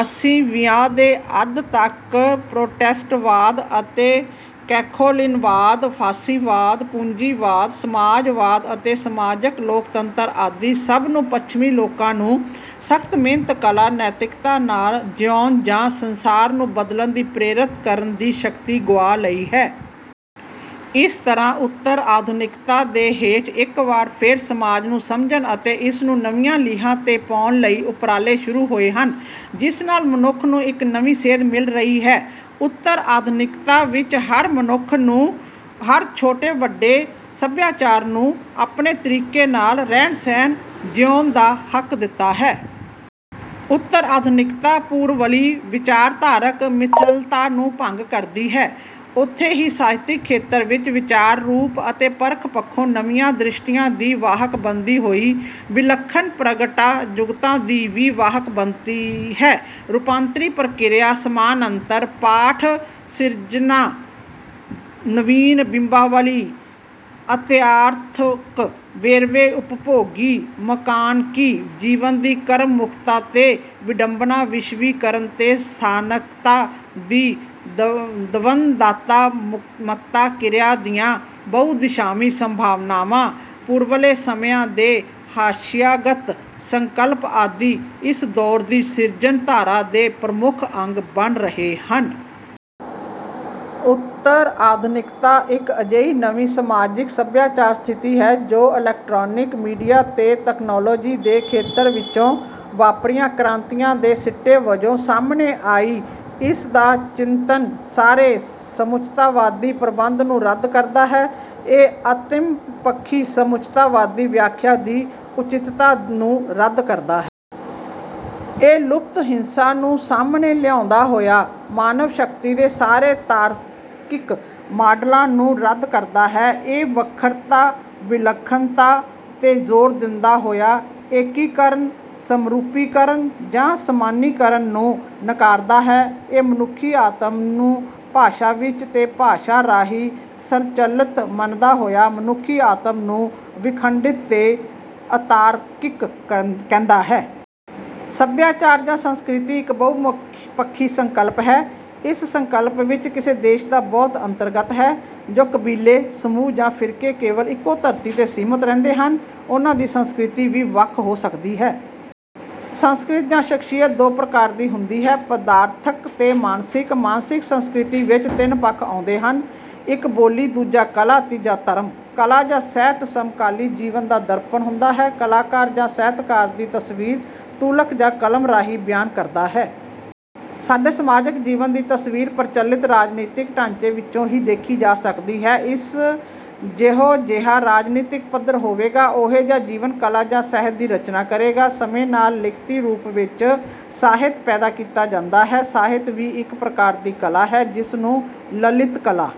ਅੱਸੀ ਵਿਆਂ ਦੇ ਅੱਧ ਤੱਕ ਪ੍ਰੋਟੈਸਟਵਾਦ ਅਤੇ ਕੈਖੋਲਿਨਵਾਦ, ਫਾਸੀਵਾਦ-ਪੂੰਜੀਵਾਦ, ਸਮਾਜਵਾਦ ਅਤੇ ਸਮਾਜਕ ਲੋਕਤੰਤਰ ਆਦਿ ਸਭ ਨੂੰ ਪੱਛਮੀ ਲੋਕਾਂ ਨੂੰ ਸਖਤ ਮਿਹਨਤ ਕਲਾ, ਨੈਤਿਕਤਾ ਨਾਲ ਜਿਉਣ ਜਾਂ ਸੰਸਾਰ ਨੂੰ ਬਦਲਣ ਦੀ ਪ੍ਰੇਰਿਤ ਕਰਨ ਦੀ ਸ਼ਕਤੀ ਗੁਆ ਲਈ ਹੈ। ਇਸ ਤਰਾਂ ਉਤਰ-ਆਧੁਨਿਕਤਾ ਦੇ ਹੇਠ ਇੱਕ ਵਾਰ ਫੇਰ ਸਮਾਜ ਨੂੰ ਸਮਝਣ ਅਤੇ ਇਸ ਨੂੰ ਨਵੀਆਂ ਲੀਹਾਂ ਤੇ ਪਾਉਣ ਲਈ ਉਪਰਾਲੇ ਸ਼ੁਰੁ ਹੋਏ ਹਨ ਜਿਸ ਨਾਲ ਮਨੁੱਖ ਨੂੰ ਇੱਕ ਨਵੀ ਸੇਧ ਮਿਲ ਰਹੀ ਹੈ, ਉਤਰ-ਆਧੁਨਿਕਤਾ ਵਿੱਚ ਹਰ ਮਨੁੱਖ ਨੂੰ, ਹਰ ਛੋਟੇ-ਵੱਡੇ ਸਭਿਆਚਾਰ ਨੂੰ ਆਪਣੇ ਤਰੀਕੇ ਨਾਲ ਰਹਿਣ-ਸਹਿਣ ਜਿਊਣ ਦਾ ਹੱਕ ਦਿੱਤਾ ਹੈ। ਉਤਰ ਆਧੁਨਿਕਤਾ ਪੂਰਵਲੀ ਵਿਚਾਰਧਾਰਕ ਮਿਥਲਤਾ ਨੂੰ ਭੰਗ ਕਰਦੀ ਹੈ ਉਥੇ ਹੀ ਸਾਹਿਤਕ ਖੇਤਰ ਵਿੱਚ ਵਿਚਾਰ ਰੂਪ ਅਤੇ ਪਰਖ ਪੱਖੋ ਨਵੀਆਂ ਦ੍ਰਿਸ਼ਟੀਆਂ ਦੀ ਵਾਹਕ ਬਣਦੀ ਹੋਈ, ਵਿਲੱਖਣ ਪ੍ਰਗਟਾ-ਜੁਗਤਾਂ ਦੀ ਵੀ ਵਾਹਕ ਬਣਦੀ ਹੈ। ਰੂਪਾਂਤਰੀ ਪ੍ਰਕਿਰਿਆ, ਸਮਾਂਨਤਰ ਪਾਠ ਸਿਰਜਣਾ, ਨਵੀਨ ਬਿੰਬਾਵਲੀ, ਅਤਿਯਥਾਰਥਕ ਵੇਰਵੇ, ਉਪਭੋਗੀ, ਮਕਾਨਕੀ ਜੀਵਨ ਦੀ ਕਰਮਮੁਖਤਾ ਤੇ ਵਿਡੰਬਣਾ ਵਿਸ਼ਵੀਕਰਨ ਤੇ ਸਥਾਨਕਤਾ ਦੀ ਦਵੰਦਾਤਮਕਤਾ, ਕਿਰਿਆ ਦੀਆਂ ਬਹੁ-ਦਿਸ਼ਾਵੀ ਸੰਭਾਵਨਾਵਾਂ, ਪੂਰਵਲੇ ਸਮਿਆਂ ਦੇ ਹਾਸ਼ੀਆਗਤ ਸੰਕਲਪ ਆਦਿ ਇਸ ਦੋਰ ਦੀ ਸਿਰਜਣਧਾਰਾ ਦੇ ਪ੍ਰਮੁੱਖ ਅੰਗ ਬਣ ਰਹੇ ਹਨ। ਉਤਰ-ਆਧੁਨਿਕਤਾ ਇੱਕ ਅਜਿਹੀ ਨਵੀ ਸਮਾਜਿਕ ਸਭਿਆਚਾਰ ਸਥਿਤੀ ਹੈ ਜੋ ਇਲੈਕਟ੍ਰਾਨਿਕ ਮੀਡੀਆ ਤੇ ਤਕਨਾਲੋਜੀ ਦੇ ਖੇਤਰ ਵਿੱਚੋ ਵਾਪਰੀਆਂ ਕ੍ਰਾਂਤੀਆਂ ਦੇ ਸਿੱਟੇ ਵੱਜੋ ਸਾਹਮਣੇ ਆਈ। ਇਸਦਾ ਚਿੰਤਨ ਸਾਰੇ ਸਮੁੱਚਤਾਵਾਦੀ ਪ੍ਰਬੰਧ ਨੂੰ ਰੱਦ ਕਰਦਾ ਹੈ, ਇਹ ਅਤਿੰਮਪੱਖੀ ਸਮੁੱਚਤਾਵਾਦੀ ਵਿਆਖਿਆ ਦੀ ਉਚਿਤਤਾ ਨੂੰ ਰੱਦ ਕਰਦਾ ਹੈ। ਇਹ ਲੁਪਤ ਹਿੰਸਾ ਨੂੰ ਸਾਹਮਣੇ ਲਿਆਉਦਾ ਹੋਇਆ ਮਾਨਵ ਸ਼ਕਤੀ ਦੇ ਸਾਰੇ ਤਾਰਕਿਕ ਮਾਡਲਾਂ ਨੂੰ ਰੱਦ ਕਰਦਾ ਹੈ। ਇਹ ਵੱਖਰਤਾ, ਵਿਲੱਖਣਤਾ ਤੇ ਜੋ਼ਰ ਦਿੰਦਾ ਹੋਇਆ ਏਕੀਕਰਨ ਸਮਰੂਪੀਕਰਨ ਜਾਂ ਸਮਾਨੀਕਰਨ ਨੂੰ ਨਕਾਰਦਾ ਹੈ। ਇਹ ਮਨੁੱਖੀ ਆਤਮ ਨੂੰ ਭਾਸ਼ਾ ਵਿੱਚ ਤੇ ਭਾਸ਼ਾ ਰਾਂਹੀ ਸੰਰਚਲਤ ਮੰਨਦਾ ਹੋਇਆ ਮਨੁੱਖੀ ਆਤਮ ਨੂੰ ਵਿਖੰਡਤ ਤੇ ਅਤਾਰਕਿਕ ਕਹਿੰਦਾ ਹੈ। ਸੱਭਿਆਚਾਰ ਜਾਂ ਸੰਸਕ੍ਰਿਤੀ ਇਕ ਬਹੁਪੱਖੀ ਸੰਕਲਪ ਹੈ। ਇਸ ਸੰਕਲਪ ਵਿੱੱਚ ਕਿਸੇ ਦੇਸ਼ ਦਾ ਬਹੁਤ ਅੰਤਰਗਤ ਹੈ। ਜੋ ਕਬੀਲੇ, ਸਮੂਹ ਜਾਂ ਫ਼ਿਰਕੇ ਕੇਵਲ ਇੱਕੋ ਧਰਤੀ ਤੇ ਸੀਮਿਤ ਰਹਿੰਦੇ ਹਨ ਉਹਨਾਂ ਦੀ ਸੰਸਕ੍ਰਿਤੀ ਵੀ ਵੱਖ ਹੋ ਸਕਦੀ ਹੈ। ਸੰਸਕ੍ਰਿਤ ਜਾਂ ਸ਼ਖਸੀਅਤ ਦੋ ਪ੍ਰਕਾਰ ਦੀ ਹੁੰਦੀ ਹੈ। ਪਦਾਰਥਕ ਤੇ ਮਾਨਸਿਕ। ਮਾਨਸਿਕ ਸੰਸਕ੍ਰਿਤੀ ਵਿੱਚ ਤਿੰਨ ਪੱਖ ਆਉਦੇਂ ਹਨ। ਇੱਕ ਬੋਲੀ, ਦੂਜਾ ਕਲਾ, ਤੀਜਾ ਧਰਮ। ਕਲਾ ਜਾਂ ਸਾਹਿਤ ਸਮਕਾਲੀ ਜੀਵਨ ਦਾ ਦਰਪਣ ਹੁੰਦਾ ਹੈ। ਕਲਾਕਾਰ ਜਾਂ ਸਾਹਿਤਕਾਰ ਦੀ ਤਸਵੀਰ ਤੂਲਕ ਜਾਂ ਕਲਮ ਰਾਂਹੀ ਬਿਆਨ ਕਰਦਾ ਹੈ। ਸਾਡੇ ਸਮਾਜਿਕ ਜੀਵਨ ਦੀ ਤਸਵੀਰ ਪ੍ਰਚਲਤ ਰਾਜਨੀਤਿਕ ਢਾਂਚੇ ਵਿੱਚੋਂ ਹੀ ਦੇਖੀ ਜਾ ਸਕਦੀ ਹੈ ਇਸ ਜਿਹੋ ਜਿਹਾ ਰਾਜਨੀਤਿਕ ਪੱਧਰ ਹੋਵੇਗਾ, ਉਹੋ ਜਿਹਾ ਜੀਵਨ, ਕਲਾ ਜਾਂ ਸਾਹਿਤ ਦੀ ਰਚਨਾ ਕਰੇਗਾ। ਸਮੇ ਨਾਲ ਲਿਖਤੀ ਰੂਪ ਵਿੱਚ ਸਾਹਿਤ ਪੈਦਾ ਕੀਤਾ ਜਾਂਦਾ ਹੈ। ਸਾਹਿਤ ਵੀ ਇੱਕ ਪ੍ਰਕਾਰ ਦੀ ਕਲਾ ਹੈ, ਜਿਸਨੂੰ ਲਲਿਤ ਕਲਾ...